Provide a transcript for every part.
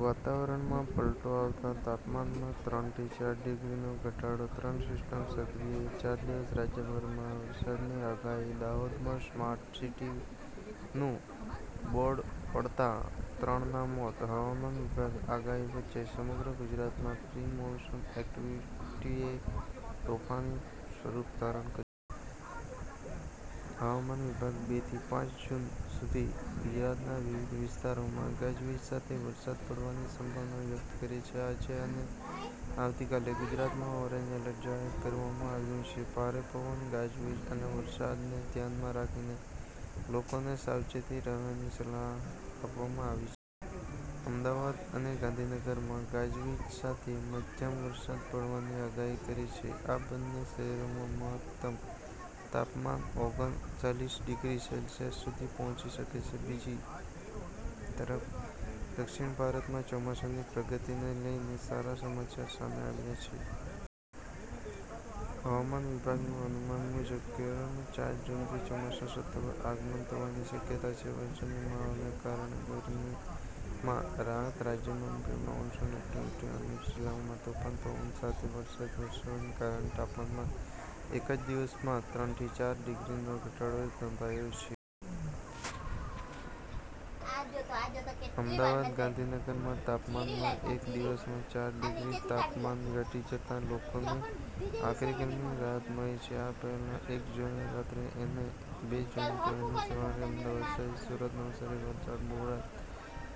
વાતાવરણમાં પલટો આવતા તાપમાનમાં ત્રણ થી ચાર ડિગ્રીનો ઘટાડો. ત્રણ સિસ્ટમ સક્રિય, ચાર દિવસ રાજ્યભરમાં ભારે વરસાદની આગાહી. દાહોદમાં 'સ્માર્ટ સિટી'નું બોર્ડ પડતાં ત્રણ ના મોત. હવામાન વિભાગની આગાહી વચ્ચે સમગ્ર ગુજરાતમાં પ્રી-મોન્સૂન એક્ટિવિટીએ તોફાની સ્વરૂપ ધારણ કર્યું છે. હવામાન વિભાગે બે થી પાંચ જૂન સુધી ગુજરાતના વિવિધ વિસ્તારોમાં ગાજવીજ સાથે વરસાદ પડવાની સંભાવના વ્યક્ત કરી છે. આજે અને આવતીકાલે ગુજરાતમાં ઓરેન્જ એલર્ટ જાહેર કરવામાં આવ્યું છે. ભારે પવન, ગાજવીજ અને વરસાદને ધ્યાનમાં રાખીને લોકોને સાવચેત રહેવાની સલાહ આપવામાં આવી છે. અમદાવાદ અને ગાંધીનગરમાં ગાજવીજ સાથે મધ્યમ વરસાદ પડવાની આગાહી કરી છે. આ બન્ને શહેરમાં મહત્તમ તાપમાન ઓગન ચાલીસ ડિગ્રી સેલ્સિયસ સુધી પહોંચી શકે છે. બીજી તરફ, દક્ષિણ ભારતમાં ચોમાસાની પ્રગતિને લઈને સારા સમાચાર સામે આવ્યા છે. હવામાન વિભાગના અનુમાન મુજબ, કેરળમાં ચાર જૂનથી ચોમાસાનું સત્તાવાર આગમન થવાની શક્યતા છે. વરસાદી માહોલના કારણે ગરમીમાં રાહત રાજ્યમાં પ્રિમોન્સૂન એક્ટિવિટીમાં અનેક જિલ્લામાં તોફાની પવન સાથે વરસાદ વરસવાના કારણે તાપમાનમાં એક જ દિવસમાં ત્રણ થી ચાર ડિગ્રીનો ઘટાડો નોંધાયો છે. અમદાવાદ અને ગાંધીનગરના તાપમાનમાં એક દિવસમાં ચાર ડિગ્રી તાપમાન ઘટી જતા લોકોને આકરી ગરમીમાં રાહત મળી છે. આ પહેલાં એક જૂનની રાત્રે અને બે જૂનની વહેલી સવારે અમદાવાદ સહિત સુરત, નવસારી, વલસાડ,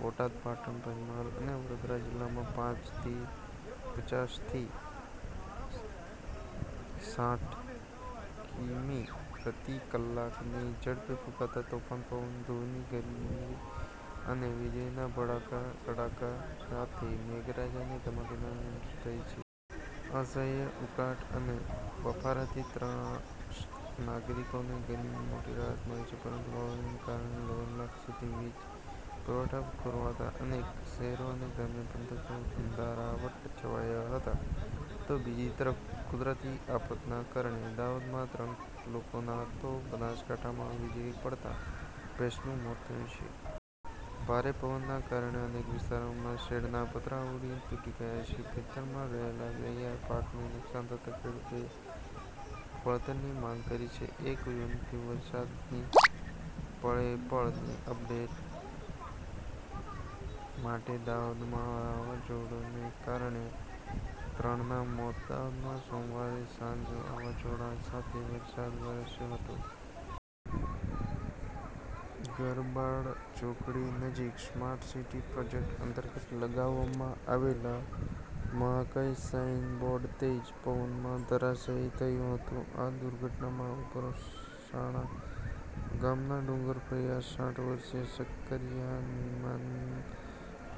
બોટાદ, પાટણ, પંચમહાલ અને વડોદરા જિલ્લામાં પચાસ થી ચાઠ કિમી પ્રતિ કલાકની ઝડપે ફૂંકાતા તોફાની પવન, ધૂળની ડમરીઓ અને વીજળીના કડાકા-ભડાકા સાથે મેઘરાજાની ધમાકેદાર એન્ટ્રી થઈ છે. અસહ્ય ઉકળાટ અને બફારાથી ત્રસ્ત નાગરિકોને ગરમીથી મોટી રાહત મળી છે, પરંતુ વાવાઝોડાને કારણે કલાકો સુધી વીજ પુરવઠો ખોરવાતા અનેક શહેરો અને ગ્રામ્ય પંથકોમાં અંધારપટ છવાયો હતો. તો બીજી તરફ કુદરતી આફતના કારણે દાહોદમાં ત્રણ લોકોના તો બનાસકાંઠામાં વીજળી પડતા ભેંસનું મોત થયું છે. ભારે પવનને કારણે અનેક વિસ્તારોમાં શેડના પતરા પણ ઉડીને તૂટી ગયાં છે. ખેતરમાં રહેલા તૈયાર પાકને નુકસાન થતાં ખેડૂતોએ વળતરની માગ કરી છે. એક જૂનના વરસાદની પળેપળની અપડેટ માટે. દાહોદમાં વાવાઝોડાને કારણે ત્રણના મોત દાહોદમાં સોમવારે સાંજે વાવાઝોડા સાથે વરસાદ વરસ્યો હતો. ગરબાડા ચોકડી નજીક સ્માર્ટ સિટી પ્રોજેક્ટ અંતર્ગત લગાવવામાં આવેલું મહાકાય સાઈન બોર્ડ તેજ પવનમાં ધરાશાયી થયું હતું. આ દુર્ઘટનામાં ઉસારવણ ગામના ડુંગર ફળિયાના સાઠ વર્ષીય શક્કરિયા નિનામાનું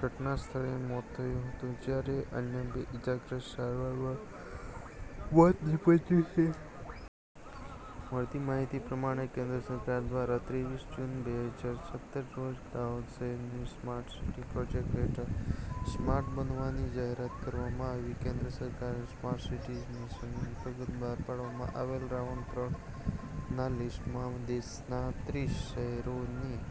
ઘટનાસ્થળે મોત થયું હતું, જ્યારે અન્ય બે ઈજાગ્રસ્તનું સારવારમાં મોત નીપજ્યું છે. મળતી માહિતી પ્રમાણે, કેન્દ્ર સરકાર દ્વારા ત્રેવીસ જૂન, બે હજાર સત્તર રોજ દાહોદ શહેરને સ્માર્ટ સિટી પ્રોજેક્ટ હેથળ સ્માર્ટ બનાવવાની જાહેરાત કરવામાં આવી હતી. કેન્દ્ર સરકારના 'સ્માર્ટ સિટીઝ મિશન' અંતર્ગત બહાર પાડવામાં આવેલા રાઉન્ડ-ત્રણ ના લિસ્ટમાં દેશના ત્રીસ શહેરોની